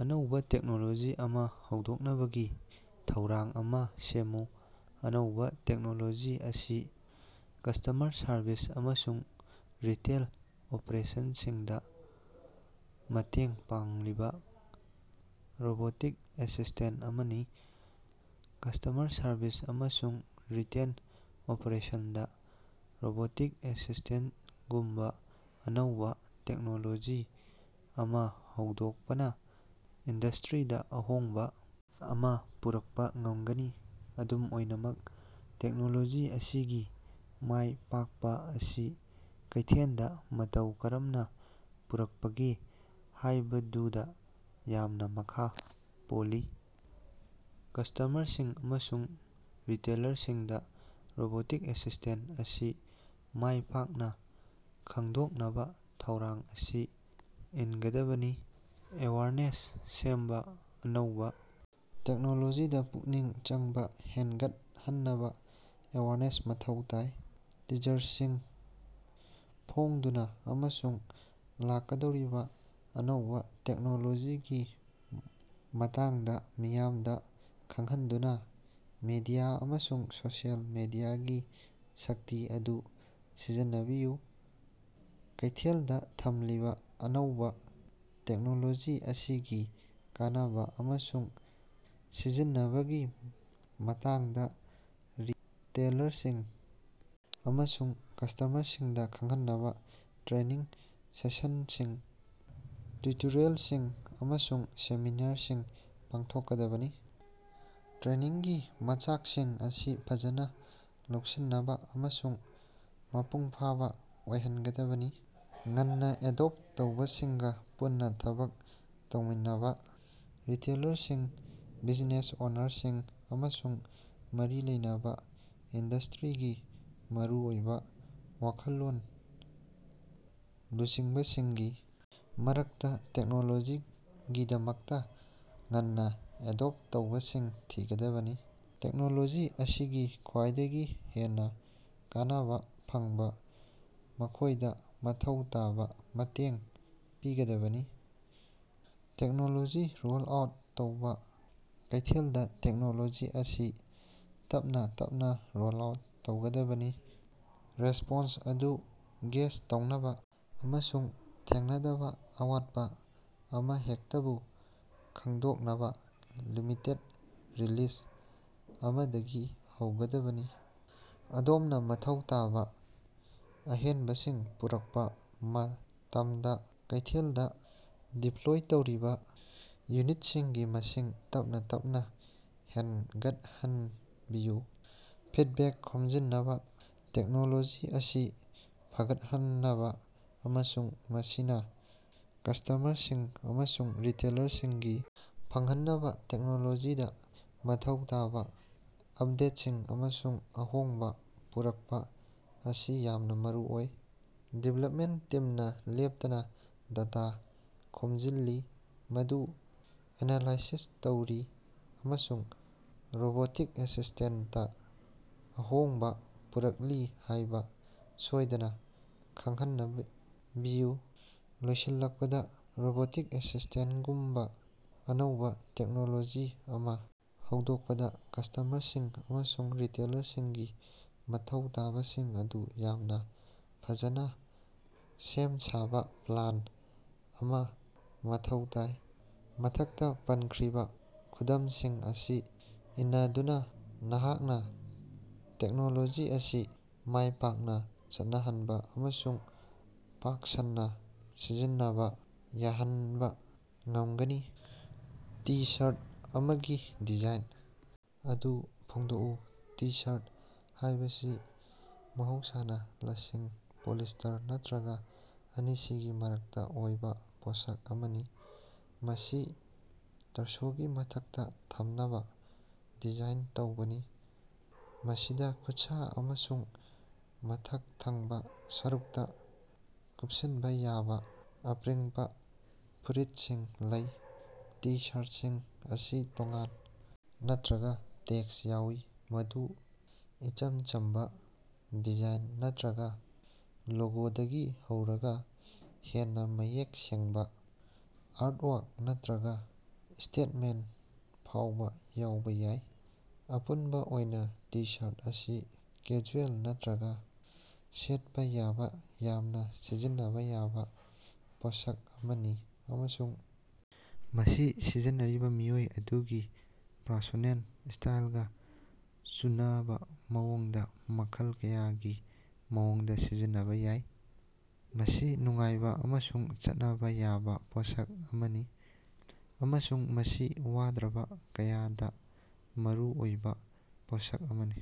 ꯑꯅꯧꯕꯥ ꯇꯦꯛꯅꯣꯂꯣꯖꯤ ꯑꯃꯥ ꯍꯧꯗꯣꯛꯅꯕꯒꯤ ꯊꯧꯔꯥꯡ ꯑꯃꯥ ꯁꯦꯝꯃꯨ꯫ ꯑꯅꯧꯕꯥ ꯇꯦꯛꯅꯣꯂꯣꯖꯤ ꯑꯁꯤ ꯀꯁ꯭ꯇꯃꯔ ꯁꯔꯕꯤꯁ ꯑꯃꯁꯨꯡ ꯔꯤꯇꯦꯜ ꯑꯣꯄ꯭ꯔꯦꯁꯟꯁꯤꯡꯗꯥ ꯃꯇꯦꯡ ꯄꯥꯡꯂꯤꯕꯥ ꯔꯣꯕꯣꯇꯤꯛ ꯑꯦꯁꯤꯁꯇꯦꯟ ꯑꯃꯅꯤ꯫ ꯀꯁ꯭ꯇꯃꯔ ꯁꯔꯕꯤꯁ ꯑꯃꯁꯨꯡ ꯔꯤꯇꯦꯜ ꯑꯣꯄ꯭ꯔꯦꯁꯟꯗꯥ ꯔꯣꯕꯣꯇꯤꯛ ꯑꯦꯁꯤꯁ꯭ꯇꯦꯟꯇꯒꯨꯝꯕꯥ ꯑꯅꯧꯕꯥ ꯇꯦꯛꯅꯣꯂꯣꯖꯤ ꯑꯃꯥ ꯍꯧꯗꯣꯛꯄꯅꯥ ꯏꯟꯗꯁꯇ꯭ꯔꯤꯗꯥ ꯑꯍꯣꯡꯕꯥ ꯑꯃꯥ ꯄꯨꯔꯛꯄꯥ ꯉꯝꯒꯅꯤ꯫ ꯑꯗꯨꯝ ꯑꯣꯏꯅꯃꯛ ꯇꯦꯛꯅꯣꯂꯣꯖꯤ ꯑꯁꯤꯒꯤ ꯃꯥꯏ ꯄꯥꯛꯄꯥ ꯑꯁꯤ ꯀꯩꯊꯦꯟꯗꯥ ꯃꯇꯧ ꯀꯔꯝꯅꯥ ꯄꯨꯔꯛꯄꯒꯦ ꯍꯥꯏꯕꯗꯨꯗꯥ ꯌꯥꯝꯅꯥ ꯃꯈꯥ ꯄꯣꯜꯂꯤ꯫ ꯀꯁ꯭ꯇꯃꯔꯁꯤꯡ ꯑꯃꯁꯨꯡ ꯔꯤꯇꯦꯂꯔꯁꯤꯡꯗꯥ ꯔꯣꯕꯣꯇꯤꯛ ꯑꯦꯁꯤꯁꯇꯦꯟ ꯑꯁꯤ ꯃꯥꯏ ꯄꯥꯛꯅꯥ ꯈꯪꯗꯣꯛꯅꯕꯥ ꯊꯧꯔꯥꯡ ꯑꯁꯤ ꯏꯟꯒꯗꯕꯅꯤ꯫ ꯑꯦꯋꯦꯌꯔꯅꯦꯁ ꯁꯦꯝꯕꯥ: ꯑꯅꯧꯕꯥ ꯇꯦꯛꯅꯣꯂꯣꯖꯤꯗꯥ ꯄꯨꯛꯅꯤꯡ ꯆꯪꯕꯥ ꯍꯦꯟꯒꯠꯍꯟꯅꯕꯥ ꯑꯦꯋꯦꯌꯔꯅꯦꯁ ꯃꯊꯧ ꯇꯥꯏ꯫ ꯇꯤꯖꯔꯁꯤꯡ ꯐꯣꯡꯗꯨꯅꯥ ꯑꯃꯁꯨꯡ ꯂꯥꯛꯀꯗꯧꯔꯤꯕꯥ ꯑꯅꯧꯕꯥ ꯇꯦꯛꯅꯣꯂꯣꯖꯤꯒꯤ ꯃꯇꯥꯡꯗꯥ ꯃꯤꯌꯥꯝꯗꯥ ꯈꯪꯍꯟꯗꯨꯅꯥ ꯃꯤꯗꯤꯌꯥ ꯑꯃꯁꯨꯡ ꯁꯣꯁꯤꯌꯦꯜ ꯃꯤꯗꯤꯌꯥꯒꯤ ꯁꯛꯇꯤ ꯑꯗꯨ ꯁꯤꯖꯤꯟꯅꯕꯤꯌꯨ꯫ ꯀꯩꯊꯦꯜꯗꯥ ꯊꯝꯂꯤꯕꯥ: ꯑꯅꯧꯕꯥ ꯇꯦꯛꯅꯣꯂꯣꯖꯤ ꯑꯁꯤꯒꯤ ꯀꯥꯟꯅꯕꯥ ꯑꯃꯁꯨꯡ ꯁꯤꯖꯤꯟꯅꯕꯒꯤ ꯃꯇꯥꯡꯗꯥ ꯔꯤꯇꯦꯂꯔꯁꯤꯡ ꯑꯃꯁꯨꯡ ꯀꯁ꯭ꯇꯃꯔꯁꯤꯡꯗꯥ ꯈꯪꯍꯟꯅꯕꯥ ꯇ꯭ꯔꯦꯅꯤꯡ ꯁꯦꯁꯟꯁꯤꯡ, ꯇ꯭ꯌꯨꯇꯔꯦꯜꯁꯤꯡ, ꯑꯃꯁꯨꯡ ꯁꯦꯃꯤꯅꯥꯔꯁꯤꯡ ꯄꯥꯡꯊꯣꯛꯀꯗꯕꯅꯤ꯫ ꯇ꯭ꯔꯦꯅꯤꯡꯒꯤ ꯃꯆꯥꯛꯁꯤꯡ ꯑꯁꯤ ꯐꯖꯅꯥ ꯂꯧꯁꯤꯟꯅꯕꯥ ꯑꯃꯁꯨꯡ ꯃꯄꯨꯡꯐꯥꯕꯥ ꯑꯣꯏꯍꯟꯒꯗꯕꯅꯤ꯫ ꯉꯟꯅꯥ ꯑꯦꯗꯣꯞꯇ ꯇꯧꯕꯁꯤꯡꯒꯥ ꯄꯨꯟꯅꯥ ꯊꯕꯛ ꯇꯧꯃꯤꯟꯅꯕꯥ: ꯔꯤꯇꯦꯂꯔꯁꯤꯡ, ꯕꯤꯖꯤꯅꯦꯁ ꯑꯣꯅꯔꯁꯤꯡ, ꯑꯃꯁꯨꯡ ꯃꯔꯤ ꯂꯩꯅꯕꯥ ꯏꯟꯗꯁꯇ꯭ꯔꯤꯒꯤ ꯃꯔꯨꯑꯣꯏꯕꯥ ꯋꯥꯈꯜꯂꯣꯟ ꯂꯨꯆꯤꯡꯕꯁꯤꯡꯒꯤ ꯃꯔꯛꯇꯥ ꯇꯦꯛꯅꯣꯂꯣꯖꯤꯒꯤꯗꯃꯛꯇꯥ ꯉꯟꯅꯥ ꯑꯦꯗꯣꯞ ꯇꯧꯕꯁꯤꯡ ꯊꯤꯒꯗꯕꯅꯤ꯫ ꯇꯦꯛꯅꯣꯂꯣꯖꯤ ꯑꯁꯤꯒꯤ ꯈ꯭ꯋꯥꯏꯗꯒꯤ ꯍꯦꯟꯅꯥ ꯀꯥꯟꯅꯕꯥ ꯐꯪꯕ ꯃꯈꯣꯏꯗꯥ ꯃꯊꯧ ꯇꯥꯕꯥ ꯃꯇꯦꯡ ꯄꯤꯒꯗꯕꯅꯤ꯫ ꯇꯦꯛꯅꯣꯂꯣꯖꯤ ꯔꯣꯜ ꯑꯥꯎꯠ ꯇꯧꯕꯥ: ꯀꯩꯊꯦꯜꯗꯥ ꯇꯦꯛꯅꯣꯂꯣꯖꯤ ꯑꯁꯤ ꯇꯞꯅꯥ ꯇꯞꯅꯥ ꯔꯣꯜ ꯑꯥꯎꯠ ꯇꯧꯒꯗꯕꯅꯤ꯫ ꯔꯦꯁ꯭ꯄꯣꯟꯁ ꯑꯗꯨ ꯒꯦꯖ ꯇꯧꯅꯕꯥ ꯑꯃꯁꯨꯡ ꯊꯦꯡꯅꯗꯕꯥ ꯑꯋꯥꯠꯄꯥ ꯑꯃꯍꯦꯛꯇꯕꯨ ꯈꯪꯗꯣꯛꯅꯕꯥ ꯂꯤꯃꯤꯇꯦꯗ ꯔꯤꯂꯤꯖ ꯑꯃꯗꯒꯤ ꯍꯧꯒꯗꯕꯅꯤ꯫ ꯑꯗꯣꯝꯅꯥ ꯃꯊꯧ ꯇꯥꯕꯥ ꯑꯍꯦꯟꯕꯁꯤꯡ ꯄꯨꯔꯛꯄꯥ ꯃꯇꯝꯗꯥ, ꯀꯩꯊꯦꯜꯗꯥ ꯗꯤꯞꯄ꯭ꯂꯣꯏ ꯇꯧꯔꯤꯕꯥ ꯌꯨꯅꯤꯠꯁꯤꯡꯒꯤ ꯃꯁꯤꯡ ꯇꯞꯅꯥ ꯇꯞꯅꯥ ꯍꯦꯒꯠꯍꯟꯕꯤꯌꯨ꯫ ꯐꯤꯗꯕꯦꯛ ꯈꯣꯝꯖꯤꯟꯅꯕꯥ: ꯇꯦꯛꯅꯣꯂꯣꯖꯤ ꯑꯁꯤ ꯐꯒꯠꯍꯟꯅꯕꯥ ꯑꯃꯁꯨꯡ ꯃꯁꯤꯅꯥ ꯀꯁ꯭ꯇꯃꯔꯁꯤꯡ ꯑꯃꯁꯨꯡ ꯔꯤꯇꯦꯂꯔꯁꯤꯡꯒꯤ ꯐꯪꯍꯟꯅꯕꯥ ꯇꯦꯛꯅꯣꯂꯣꯖꯤꯗꯥ ꯃꯊꯧ ꯇꯥꯕꯥ ꯑꯞꯗꯦꯠꯁꯤꯡ ꯑꯃꯁꯨꯡ ꯑꯍꯣꯡꯕꯥ ꯄꯨꯔꯛꯄꯥ ꯑꯁꯤ ꯌꯥꯝꯅꯥ ꯃꯔꯨꯑꯣꯏ꯫ ꯗꯤꯕꯦꯂꯞꯃꯦꯟꯇ ꯇꯤꯝꯅꯥ ꯂꯦꯞꯇꯅꯥ ꯗꯦꯇꯥ ꯈꯣꯝꯖꯤꯜꯂꯤ, ꯃꯗꯨ ꯑꯦꯅꯥꯂꯥꯏꯁꯤꯖ ꯇꯧꯔꯤ, ꯑꯃꯁꯨꯡ ꯔꯣꯕꯣꯇꯤꯛ ꯑꯦꯁꯤꯁꯇꯦꯟꯠꯇꯥ ꯑꯍꯣꯡꯕꯥ ꯄꯨꯔꯛꯂꯤ ꯍꯥꯏꯕꯥ ꯁꯣꯏꯗꯅꯥ ꯈꯪꯍꯟꯅꯕꯤꯌꯨ꯫ ꯂꯣꯏꯁꯤꯜꯂꯛꯄꯗꯥ, ꯔꯣꯕꯣꯇꯤꯛ ꯑꯦꯁꯤꯁꯇꯦꯟꯠꯒꯨꯝꯕꯥ ꯑꯅꯧꯕꯥ ꯇꯦꯛꯅꯣꯂꯣꯖꯤ ꯑꯃꯥ ꯍꯧꯗꯣꯛꯄꯗꯥ ꯀꯁ꯭ꯇꯃꯔꯁꯤꯡ ꯑꯃꯁꯨꯡ ꯔꯤꯇꯦꯂꯔꯁꯤꯡꯒꯤ ꯃꯊꯧ ꯇꯥꯕꯁꯤꯡ ꯑꯗꯨ ꯌꯥꯝꯅꯥ ꯐꯖꯅꯥ ꯁꯦꯝ ꯁꯥꯕꯥ ꯄ꯭ꯂꯥꯟ ꯑꯃꯥ ꯃꯊꯧ ꯇꯥꯏ꯫ ꯃꯊꯛꯇꯥ ꯄꯟꯈ꯭ꯔꯤꯕꯥ ꯈꯨꯗꯝꯁꯤꯡ ꯑꯁꯤ ꯏꯅꯗꯨꯅꯥ, ꯅꯍꯥꯛꯅꯥ ꯇꯦꯛꯅꯣꯂꯣꯖꯤ ꯑꯁꯤ ꯃꯥꯏꯄꯥꯛꯅꯥ ꯆꯠꯅꯍꯟꯕꯥ ꯑꯃꯁꯨꯡ ꯄꯥꯛ-ꯁꯟꯅꯥ ꯁꯤꯖꯤꯟꯅꯕꯥ ꯌꯥꯍꯟꯕꯥ ꯉꯝꯒꯅꯤ꯫ ꯇꯤ-ꯁꯥꯔꯠ ꯑꯃꯒꯤ ꯗꯤꯖꯥꯏꯟ ꯑꯗꯨ ꯐꯣꯡꯗꯣꯛꯎ꯫ ꯇꯤ-ꯁꯥꯔꯠ ꯍꯥꯏꯕꯁꯤ ꯃꯍꯧꯁꯥꯅꯥ ꯂꯁꯤꯡ, ꯄꯣꯂꯤꯁꯇꯔ ꯅꯠꯇ꯭ꯔꯒꯥ ꯑꯅꯤꯁꯤꯒꯤ ꯃꯔꯛꯇꯥ ꯑꯣꯏꯕꯥ ꯄꯣꯠꯁꯛ ꯑꯃꯅꯤ꯫ ꯃꯁꯤ ꯇꯔꯁꯣꯒꯤ ꯃꯊꯛꯇꯥ ꯊꯝꯅꯕꯥ ꯗꯤꯖꯥꯏꯟ ꯇꯧꯕꯅꯤ, ꯃꯁꯤꯗꯥ ꯈꯨꯠꯁꯥ ꯑꯃꯁꯨꯡ ꯃꯊꯛ ꯊꯪꯕꯥ ꯁꯔꯨꯛꯇꯥ ꯀꯨꯞꯁꯤꯟꯕꯥ ꯌꯥꯕꯥ ꯑꯄꯔꯤꯡꯄꯥ ꯐꯨꯔꯤꯠꯁꯤꯡ ꯂꯩ꯫ ꯇꯤ-ꯁꯥꯔꯇꯁꯤꯡ ꯑꯁꯤ ꯇꯣꯉꯥꯟ ꯅꯠꯇ꯭ꯔꯒꯥ ꯇꯦꯛꯁ ꯌꯥꯎꯏ, ꯃꯗꯨ ꯏꯆꯝ ꯆꯝꯕꯥ ꯗꯤꯖꯥꯏꯟ ꯅꯠꯇ꯭ꯔꯒꯥ ꯂꯣꯒꯣꯗꯒꯤ ꯍꯧꯔꯒꯥ ꯍꯦꯟꯅꯥ ꯃꯌꯦꯛ ꯁꯦꯡꯕꯥ ꯑꯥꯔꯠꯋꯥꯛ ꯅꯠꯇ꯭ꯔꯒꯥ ꯁ꯭ꯇꯦꯠꯃꯦꯟ꯭ꯇ ꯐꯥꯎꯕꯥ ꯌꯥꯎꯕꯥ ꯌꯥꯏ꯫ ꯑꯄꯨꯟꯕꯥ ꯑꯣꯏꯅꯥ ꯇꯤ-ꯁꯥꯔꯠ ꯑꯁꯤ ꯀꯦꯖꯨꯑꯦꯜ ꯅꯠꯇ꯭ꯔꯒꯥ ꯁꯦꯠꯄꯥ ꯌꯥꯕꯥ ꯌꯥꯝꯅꯥ ꯁꯤꯖꯤꯟꯅꯕꯥ ꯌꯥꯕꯥ ꯄꯣꯠꯁꯛ ꯑꯃꯅꯤ, ꯑꯃꯁꯨꯡ ꯃꯁꯤ ꯁꯤꯖꯤꯟꯅꯔꯤꯕꯥ ꯃꯤꯑꯣꯏ ꯑꯗꯨꯒꯤ ꯄꯔꯁꯣꯅꯦꯜ ꯁ꯭ꯇꯥꯏꯂꯒꯥ ꯆꯨꯅꯕꯥ ꯃꯑꯣꯡꯗꯥ ꯃꯈꯜ ꯀꯌꯥꯒꯤ ꯃꯑꯣꯡꯗꯥ ꯁꯤꯖꯤꯟꯅꯕꯥ ꯌꯥꯏ꯫ ꯃꯁꯤ ꯅꯨꯡꯉꯥꯏꯕꯥ ꯑꯃꯁꯨꯡ ꯆꯠꯅꯕꯥ ꯌꯥꯕꯥ ꯄꯣꯠꯁꯛ ꯑꯃꯅꯤ ꯑꯃꯁꯨꯡ ꯃꯁꯤ ꯋꯥꯗ꯭ꯔꯕ ꯀꯌꯥꯗꯥ ꯃꯔꯨ ꯑꯣꯏꯕꯥ ꯄꯣꯠꯁꯛ ꯑꯃꯅꯤ꯫